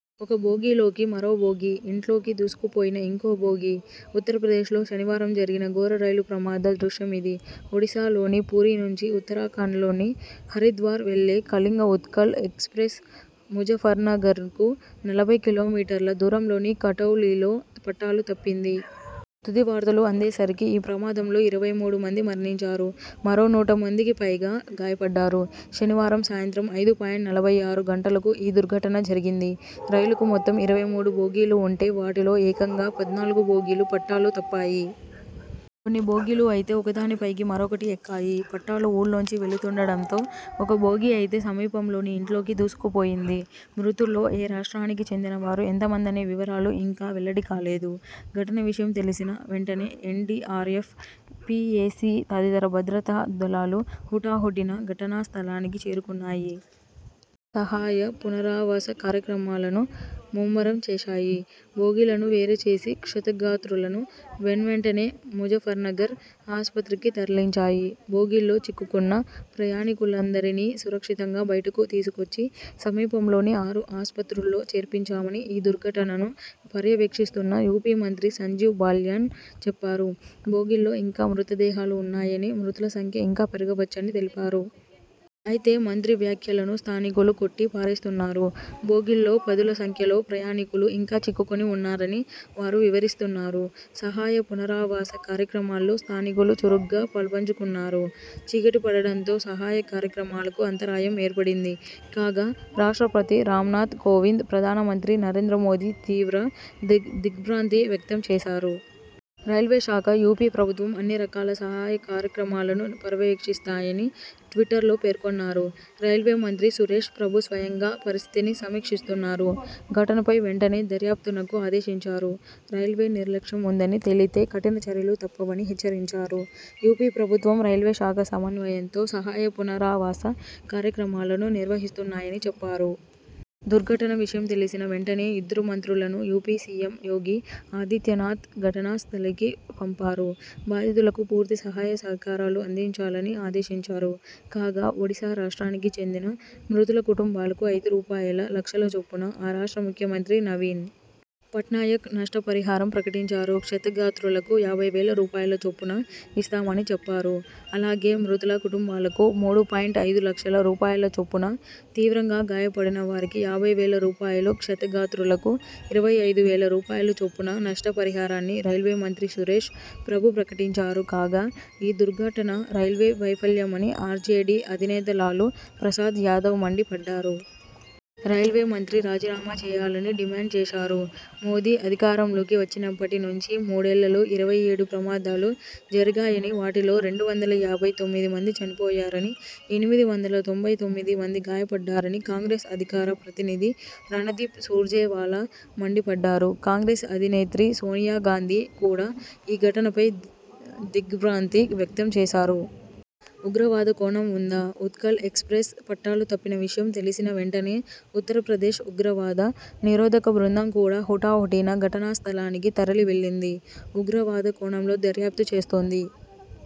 ఒక బోగీ లోకి మరో బోగీ! ఇంట్లోకి దూసుకుపోయిన ఇంకో బోగీ! ఉత్తరప్రదేశ్లో శనివారం జరిగిన ఘోర రైలు ప్రమాద దృశ్యమిది. ఒడిసా లోని పూరీ నుంచి ఉత్తరాఖండ్లోని హరిద్వార్ వెళ్లే కళింగ ఉత్కళ్ ఎక్స్ ప్రెస్ ముజఫర్నగర్కు నలభై కిలోమీటర్ల దూరంలోని కటౌలీలో పట్టాలు తప్పింది. తుది వార్తలు అందేసరికి ఈ ప్రమాదంలో ఇరవై మూడు మంది మరణించారు. మరో నూట మందికిపైగా గాయపడ్డారు. శనివారం సాయంత్రం ఐదు పాయింట్ నలభై ఆరు గంటలకు ఈ దుర్ఘటన జరిగింది. రైలుకు మొత్తం ఇరవై మూడు బోగీలు ఉంటే వాటిలో ఏకంగా పద్నాలుగు బోగీలు పట్టాలు తప్పాయి. కొన్ని బోగీలు అయితే ఒకదాని పైకి మరొకటి ఎక్కాయి. పట్టాలు ఊళ్లోంచి వెళుతుండడంతో ఒక బోగీ అయితే సమీపంలోని ఇంట్లోకి దూసుకుపోయింది. మృతుల్లో ఏ రాష్ట్రానికి చెందిన వారు ఎంతమందనే వివరాలు ఇంకా వెల్లడి కాలేదు. ఘటన విషయం తెలిసిన వెంటనే ఎన్డీఆర్ఎఫ్, పీఏసీ తదితర భద్రతా దళాలు హుటాహుటిన ఘటనా స్థలానికి చేరుకున్నాయి. సహాయ పునరావాస కార్యక్రమాలను ముమ్మరం చేశాయి. బోగీలను వేరు చేసి క్షతగాత్రులను వెన్వెంటనే ముజఫర్నగర్ ఆస్పత్రికి తరలించాయి. బోగీల్లో చిక్కుకున్న ప్రయాణికులందరినీ సురక్షితంగా బయటకు తీసుకొచ్చి, సమీపంలోని ఆరు ఆస్పత్రుల్లో చేర్పించామని ఈ దుర్ఘటనను పర్యవేక్షిస్తున్న యూపీ మంత్రి సంజీవ్ బల్యాన్ చెప్పారు. బొగీల్లో ఇంకా మృతదేహాలు ఉన్నాయని, మృతుల సంఖ్య ఇంకా పెరగవచ్చని తెలిపారు. అయితే, మంత్రి వ్యాఖ్యలను స్థానికులు కొట్టి పారేస్తున్నారు. బోగీల్లో పదుల సంఖ్యలో ప్రయాణికులు ఇంకా చిక్కుకుని ఉన్నారని వారు వివరిస్తున్నారు. సహాయ పునరావాస కార్యక్రమాల్లో స్థానికులు చురుగ్గా పాల్పంచుకున్నారు. చీకటి పడడంతో సహాయ కార్యక్రమాలకు అంతరాయం ఏర్పడింది. కాగా, రాష్ట్రపతి రామ్నాథ్ కోవింద్, ప్రధాన మంత్రి నరేంద్ర మోదీ తీవ్ర దిగ్ర్భాంతి వ్యక్తం చేశారు. రైల్వే శాఖ, యూపీ ప్రభుత్వం అన్ని రకాల సహాయ కార్యక్రమాలను పర్యవేక్షిస్తాయని ట్విటర్లో పేర్కొన్నారు. రైల్వే మంత్రి సురేశ్ ప్రభు స్వయంగా పరిస్థితిని సమీక్షిస్తున్నారు. ఘటనపై వెంటనే దర్యాప్తునకు ఆదేశించారు. రైల్వే నిర్లక్ష్యం ఉందని తేలితే కఠిన చర్యలు తప్పవని హెచ్చరించారు. యూపీ ప్రభుత్వం, రైల్వే శాఖ సమన్వయంతో సహాయ పునరావాస కార్యక్రమాలను నిర్వహిస్తున్నాయని చెప్పారు. దుర్ఘటన విషయం తెలిసిన వెంటనే ఇద్దరు మంత్రులను యూపీ సీఎం యోగి ఆదిత్యనాథ్ ఘటనా స్థలికి పంపారు. బాధితులకు పూర్తి సహాయ సహకారాలు అందించాలని ఆదేశించారు. కాగా, ఒడిసా రాష్ట్రానికి చెందిన మృతుల కుటుంబాలకు ఐదు రూపాయల లక్షల చొప్పున ఆ రాష్ట్ర ముఖ్యమంత్రి నవీన్ పట్నాయక్ నష్ట పరిహారం ప్రకటించారు క్షతగాత్రులకు యాభై వేల రూపాయల చొప్పున ఇస్తామని చెప్పారు అలాగే, మృతుల కుటుంబాలకు మూడు పాయింట్ ఐదు లక్షల రూపాయల చొప్పున తీవ్రంగా గాయపడిన వారికి యాభై వేల రూపాయలు క్షతగాత్రులకు ఇరవై ఐదు వేల రూపాయలు చొప్పున నష్ట పరిహారాన్ని రైల్వే మంత్రి సురేశ్ ప్రభు ప్రకటించారు కాగా, ఈ దుర్ఘటన రైల్వే వైఫల్యమని ఆర్జేడీ అధినేత లాలు ప్రసాద్ యాదవ్ మండి పడ్డారు. రైల్వే మంత్రి రాజీనామా చేయాలని డిమాండ్ చేశారు. మోదీ అధికారంలోకి వచ్చినప్పటి నుంచీ మూడేళ్లలో ఇరవై ఏడు ప్రమాదాలు జరిగాయని, వాటిలో రెండు వందల యాభై తొమ్మిది మంది చనిపోయారని, ఎనిమిది వందల తొంభై తొమ్మిది మంది గాయపడ్డారని కాంగ్రెస్ అధికార ప్రతినిధి రణదీప్ సూర్జేవాలా మండిపడ్డారు కాంగ్రెస్ అధినేత్రి సోనియా గాంధీ కూడా ఈ ఘటనపై దిగ్ర్భాంతి వ్యక్తం చేశారు. ఉగ్రవాద కోణం ఉందా? ఉత్కళ్ ఎక్స్ ప్రెస్ పట్టాలు తప్పిన విషయం తెలిసిన వెంటనే ఉత్తరప్రదేశ్ ఉగ్రవాద నిరోధక బృందం కూడా హుటాహుటిన ఘటనా స్థలానికి తరలి వెళ్లింది. ఉగ్రవాద కోణంలో దర్యాప్తు చేస్తోంది.